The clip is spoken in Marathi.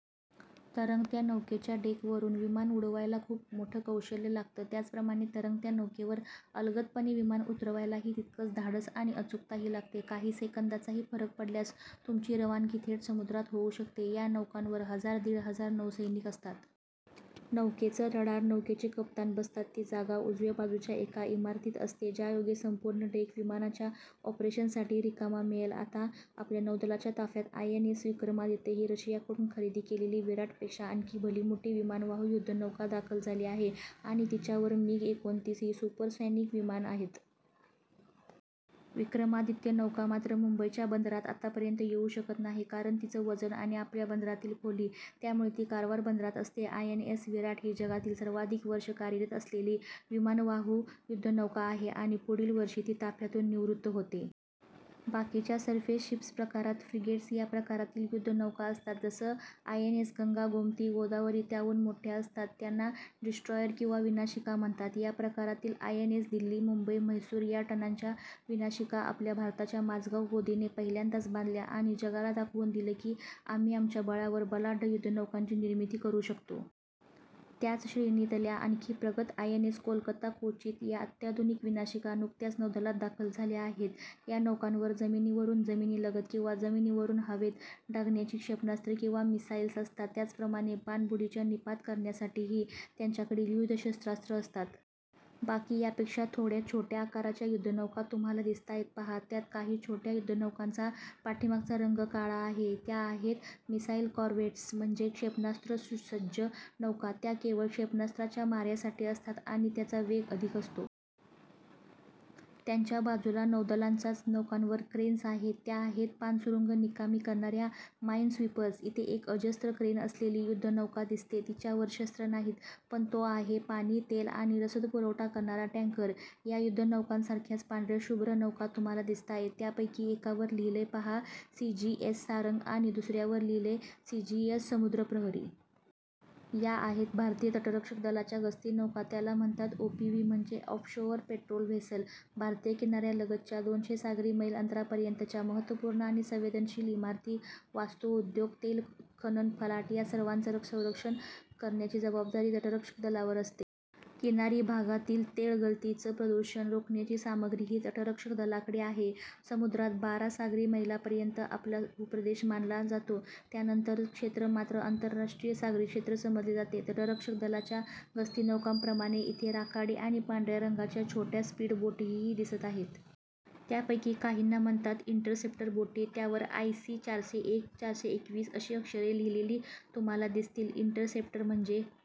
तरंगत्या नौकेच्या डेकवरून विमानं उडवायला खूप मोठं कौशल्य लागतं. त्याचप्रमाणे तरंगत्या नौकेवर अलगदपणे विमान उतरवायलाही तितकंच धाडस आणि अचूकता लागते. काही सेकंदाचाही फरक पडल्यास तुमची रवानगी थेट समुद्रात होऊ शकते. या नौकांवर हजार-दीड हजार नौसैनिक असतात. नौकेचं रडार, नौकेचे कप्तान बसतात ती जागा उजव्या बाजूच्या एका इमारतीत असते, ज्यायोगे संपूर्ण डेक विमानांच्या ऑपरेशन्ससाठी रिकामा मिळेल. आता आपल्या नौदलाच्या ताफ्यात आयएनएस विक्रमादित्य ही रशियाकडून खरेदी केलेली विराटपेक्षा आणखी भलीमोठी विमानवाहू युद्धनौका दाखल झाली आहे आणि तिच्यावर मिग एकोणतीस ही सुपरसॉनिक विमानं आहेत. विक्रमादित्य नौका मात्र मुंबईच्या बंदरात आतपर्यंत येऊ शकत नाही, कारण तिचं वजन आणि आपल्या बंदरातली खोली. त्यामुळे ती कारवार बंदरात असते. आयएनएस विराट ही जगातली सर्वाधिक वर्ष कार्यरत असलेली विमानवाहू युद्धनौका आहे आणि पुढील वर्षी ती ताफ्यातून निवृत्त होतेय. बाकीच्या सरफेस शिप्स प्रकारात फ्रिगेट्स या प्रकारातील युद्धनौका असतात. जसं आयएनएस गंगा, गोमती, गोदावरी. त्याहून मोठ्या असतात त्यांना डिस्ट्रॉयर किंवा विनाशिका म्हणतात. या प्रकारातील आयएनएस दिल्ली, मुंबई, म्हैसूर या टनांच्या विनाशिका आपल्या भारताच्या माझगाव गोदीने पहिल्यांदा बांधल्या आणि जगाला दाखवून दिलं की आम्ही आमच्या बळावर बलाढ्य युद्धनौकांची निर्मिती करू शकतो. त्याच श्रेणीतल्या आणखी प्रगत आयएनएस कोलकाता, कोची या अत्याधुनिक विनाशिका नुकत्याच नौदलात दाखल झाल्या आहेत. या नौकांवर जमिनीवरून जमिनीलगत किंवा जमिनीवरून हवेत डागण्याची क्षेपणास्त्र किंवा मिसाइल्स असतात. त्याचप्रमाणे पाणबुडीचा निःपात करण्यासाठीही त्यांच्याकडे विविध शस्त्रास्त्रं असतात. बाकी यापेक्षा थोड्या छोट्या आकाराच्या युद्धनौका तुम्हाला दिसताहेत पहा. त्यात काही छोट्या युद्धनौकांचा पाठीमागचा रंग काळा आहे, त्या आहेत, मिसाइल कॉरव्हेट्स म्हणजे क्षेपणास्त्रसुसज्ज नौका. त्या केवळ क्षेपणास्त्रांच्या माऱ्यासाठीच असतात आणि त्यांचा वेग अधिक असतो. त्यांच्या बाजूला नौदलाच्याच नौकांवर क्रेन्स आहेत. त्या आहेत पाणसुरुंग निकामी करणाऱ्या माइनस्वीपर्स. इथे एक अजस्त्र क्रेन्स असलेली युद्धनौका दिसतेय, तिच्यावर शस्त्र नाहीत, पण तो आहे पाणी, तेल आणि रसदपुरवठा करणारा टँकर. या युद्धनौकांसारख्याच पांढऱ्याशुभ्र नौका तुम्हाला दिसताहेत, त्यापैकी एकावर लिहिलंय पहा, सीजीएस सारंग आणि दुसऱ्यावर लिहिलंय सीजीएस समुद्रप्रहरी. या आहेत भारतीय तटरक्षक दलाच्या गस्तीनौका. त्याला म्हणतात ओपीव्ही म्हणजेच ऑफशोअर पेट्रोल व्हेसल. भारतीय किनाऱ्यालगतच्या दोनशे सागरी मैल अंतरापर्यंतच्या महत्त्वपूर्ण आणि संवेदनशील इमारती, वास्तू, उद्योग, तेलउत्खनन फलाट या सर्वांचं संरक्षण करण्याची जबाबदारी तटरक्षक दलावर असते. किनारी भागातील तेलगळतीचं प्रदूषण रोखण्याची सामग्रीही तटरक्षक दलाकडे आहे. समुद्रात बारा सागरी मैलांपर्यंत आपला भूप्रदेश मानला जातो, त्यानंतरचं क्षेत्र मात्र आंतरराष्ट्रीय सागरी क्षेत्र समजलं जातं. तटरक्षक दलाच्या गस्तीनौकांप्रमाणेच इथे राखाडी आणि पांढऱ्या रंगाच्या छोट्या स्पीडबोटीही दिसत आहेत. त्यापैकी काहींना म्हणतात इंटरसेप्टर बोटी. त्यावर आयसी चारशे एक, चारशे एकवीस अशी अक्षरं लिहिलेली तुम्हाला दिसतील. इंटरसेप्टर म्हणजे